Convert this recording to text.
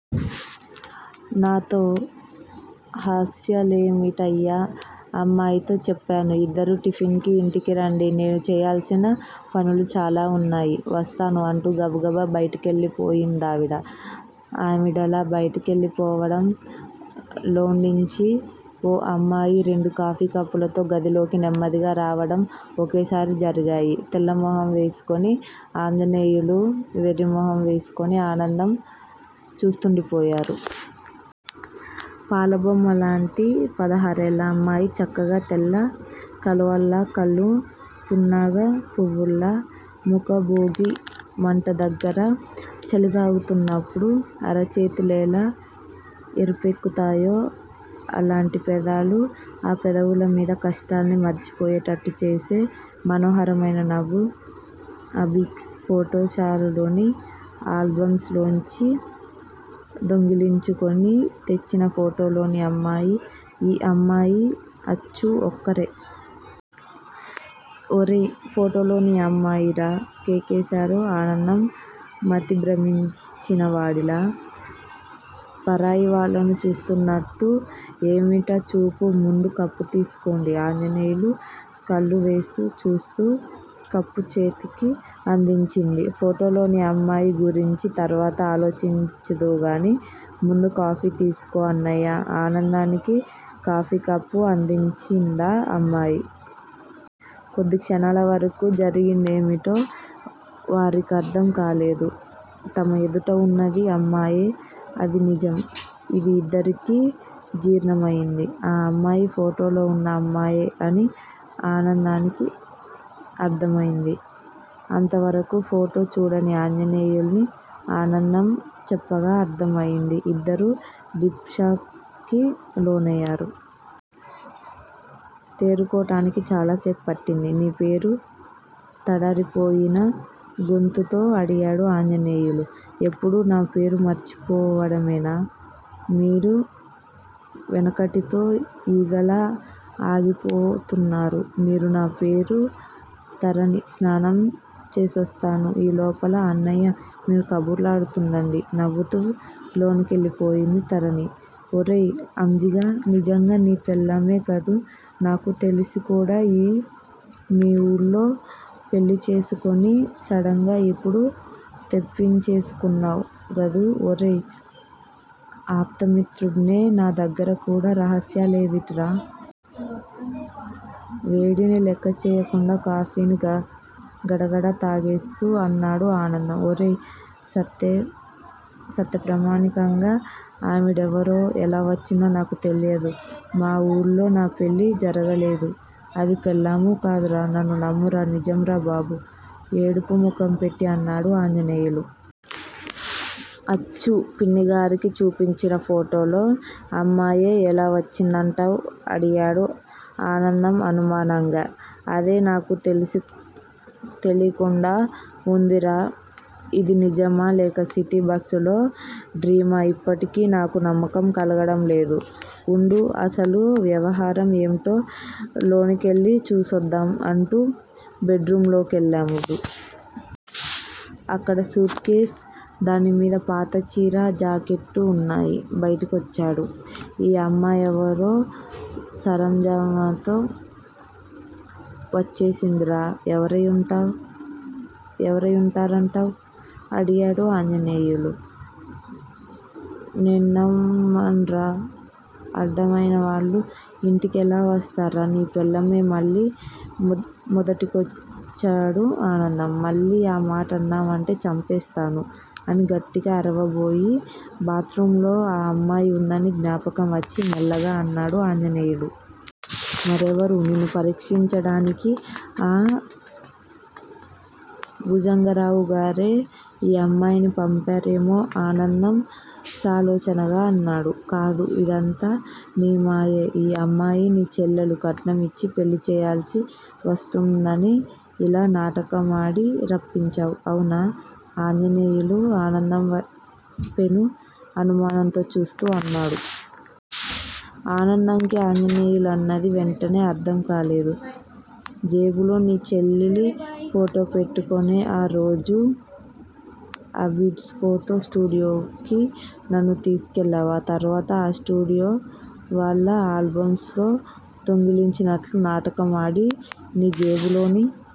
నాతో హాస్యాలేమిటయ్యా అమ్మాయితో చెప్పాను ఇద్దరూ టిఫిన్ కి ఇంటికి రండి నేను చెయ్యాల్సిన పనులు చాలా వున్నాయి. వస్తాను అంటూ గబగబా బయటికెళ్ళిపోయిందావిడ. ఆవిడలా బయటికెళ్ళిపోవడం, లోన్నించి ఓ అమ్మాయి రెండు కాఫీ కప్పులతో గదిలోకి నెమ్మదిగా రావడం ఒకేసారి జరిగాయి. తెల్లమొహం వేసుకుని ఆంజనేయులు, వెర్రిమొహం వేసుకుని ఆనందం చూస్తుండిపోయారు. పాల బొమ్మలాంటి పదహారేళ్ళ అమ్మాయి చక్కగా, తెల్ల కలువల్లా కళ్ళు పున్నాగ పువ్వులా ముక్కు భోగీ మంట దగ్గర చలికాగుతున్నపుడు అరచేతులెలా ఎరుపెక్కుతాయో అలాంటి పెదాలు ఆ పెదవుల మీద కష్టాల్ని మరిచిపోయేటట్టు చేసే మనోహరమైన నవ్వు. అబిడ్స్ ఫోటో షాపులోని ఆల్బమ్ లోంచి దొంగిలించుకుని తెచ్చిన ఫోటోలోని అమ్మాయి, ఈ అమ్మాయీ అచ్చు ఒక్కరే!! ఒరేయ్ ఫోటోలోని అమ్మాయిరా కేకేశాడు ఆనందం మతి భ్రమించినవాడిలా. పరాయి వాళ్ళను చూస్తున్నట్టు ఏవిటా చూపు ముందు కప్పు తీసుకోండి ఆంజనేయులు కళ్ళవేపు చూస్తూ కప్పు చేతికి అందించింది. ఫోటోలోని అమ్మాయి గురించి తర్వాత ఆలోచిద్దువుగాని, ముందు కాఫీ తీసుకో అన్నయ్యా ఆనందానికి కాఫీకప్పు అందించిందా అమ్మాయి. కొద్ది క్షణాలవరకూ జరిగిందేమిటో వారికర్ధం కాలేదు. తమ ఎదుట ఉన్నది అమ్మాయే అది నిజం ఇది ఇద్దరికీ జీర్ణమయింది. ఆ అమ్మాయి ఫోటోలో వున్న అమ్మాయే అని ఆనందానికి అర్ధమైంది. అంతవరకూ ఫోటో చూడని ఆంజనేయులికి ఆనందం చెప్పగా అర్ధమయింది. ఇద్దరూ డీప్ షాక్ కి లోనయ్యారు. తేరుకోటానికి చాలాసేపు పట్టింది. నీ పేరు తడారిపోయిన గొంతుతో అడిగాడు ఆంజనేయులు. ఎప్పుడూ నా పేరు మర్చిపోవడమేనా? మీరు వెనకటికో ఈగలా అయిపోతున్నారు మీరు నా పేరు తరణి స్నానం చేసొస్తాను ఈ లోపల అన్నయ్యా మీరు కబుర్లాడుకుంటుండండి నవ్వుతూ లోనకెళ్ళిపోయింది తరణి. ఒరేయ్ అంజిగా నిజంగా నీ పెళ్ళామే కదూ నాకు తెలీకుండా మీ ఊళ్ళో పెళ్ళి చేసేసుకుని సడన్ గా ఇప్పుడు తెప్పించేసుకున్నావ్ గదూ ఒరేయ్ ఆప్తమిత్రుడ్నే నా దగ్గర కూడా రహస్యాలేవిటిరా? వేడిని లెక్కచెయ్యకుండా కాఫీని గడగడా తాగేస్తూ అన్నాడు ఆనందం. ఒరేయ్ సత్తె ప్రమాణికంగా ఆవిడెవరో, ఎలా వచ్చిందో నాకూ తెలీదురా మా వూళ్ళో నా పెళ్ళీ జరగలేదు అది పెళ్ళామూ కాదురా నన్ను నమ్మరా నిజం రా బాబూ ఏడుపు ముఖం పెట్టి అన్నాడు ఆంజనేయులు. అచ్చు పిన్నిగారికి చూపించిన ఫోటోలో అమ్మాయే ఎలా వచ్చిందంటావ్? అడిగాడు ఆనందం అనుమానంగా. అదే నాకూ తెలీకుండా వుందిరా ఇది నిజమా లేక సిటీ బస్సులో డ్రీమా ఇప్పటికీ నాకు నమ్మకం కలగడంలేదు వుండు అసలు వ్యవహారం ఏంటో లోనికెళ్ళి చూసొద్దాం అంటూ బెడ్ రూంలో కెళ్ళాడు. అక్కడో సూట్ కేసు, దానిమీద పాత చీర, జాకెట్టు వున్నాయి. బయటికొచ్చాడు. ఈ అమ్మాయెవరో సరంజామాతో వచ్చేసిందిరా ఎవరై ఉంటారంటావ్? అడిగాడు ఆంజనేయులు. నేన్నమ్మన్రా అడ్డవైన వాళ్ళూ ఇంటికెలా వస్తార్రా నీ పెళ్ళామే మళ్ళీ మొదటికొచ్చాడు ఆనందం. మళ్ళీ ఆ మాటన్నావంటే చంపేస్తాను అని గట్టిగా అరవబోయి బాత్ రూమ్ లో ఆ అమ్మాయి ఉందని జ్ఞాపకం వచ్చి, మెల్లగా అన్నాడు ఆంజనేయులు. మరెవరు? నిన్ను పరీక్షించటానికి ఆ భుజంగరావు గారే ఈ అమ్మాయిని పంపారేమో?! ఆనందం సాలోచనగా అన్నాడు. కాదు ఇదంతా నీ మాయే ఈ అమ్మాయి నీ చెల్లెలు కట్నం ఇచ్చి పెళ్ళి చెయ్యాల్సి వస్తుందని ఇలా నాటకమాడి రప్పించావ్. అవునా? ఆంజనేయులు ఆనందంవేపు పెను అనుమానంతో చూస్తూ అన్నాడు. ఆనందంకి ఆంజనేయులన్నది వెంటనే అర్ధంకాలేదు. జేబులో నీ చెల్లెలి ఫోటో పెట్టుకొనే ఆ రోజు అబిడ్స్ ఫోటో స్టూడియోకి నన్ను తీసుకెళ్ళావ్. ఆ తరువాత ఆ స్టూడియో వాళ్ళ ఆల్బమ్ లో దొంగిలించినట్లు నాటకం ఆడి, నీ జేబులోని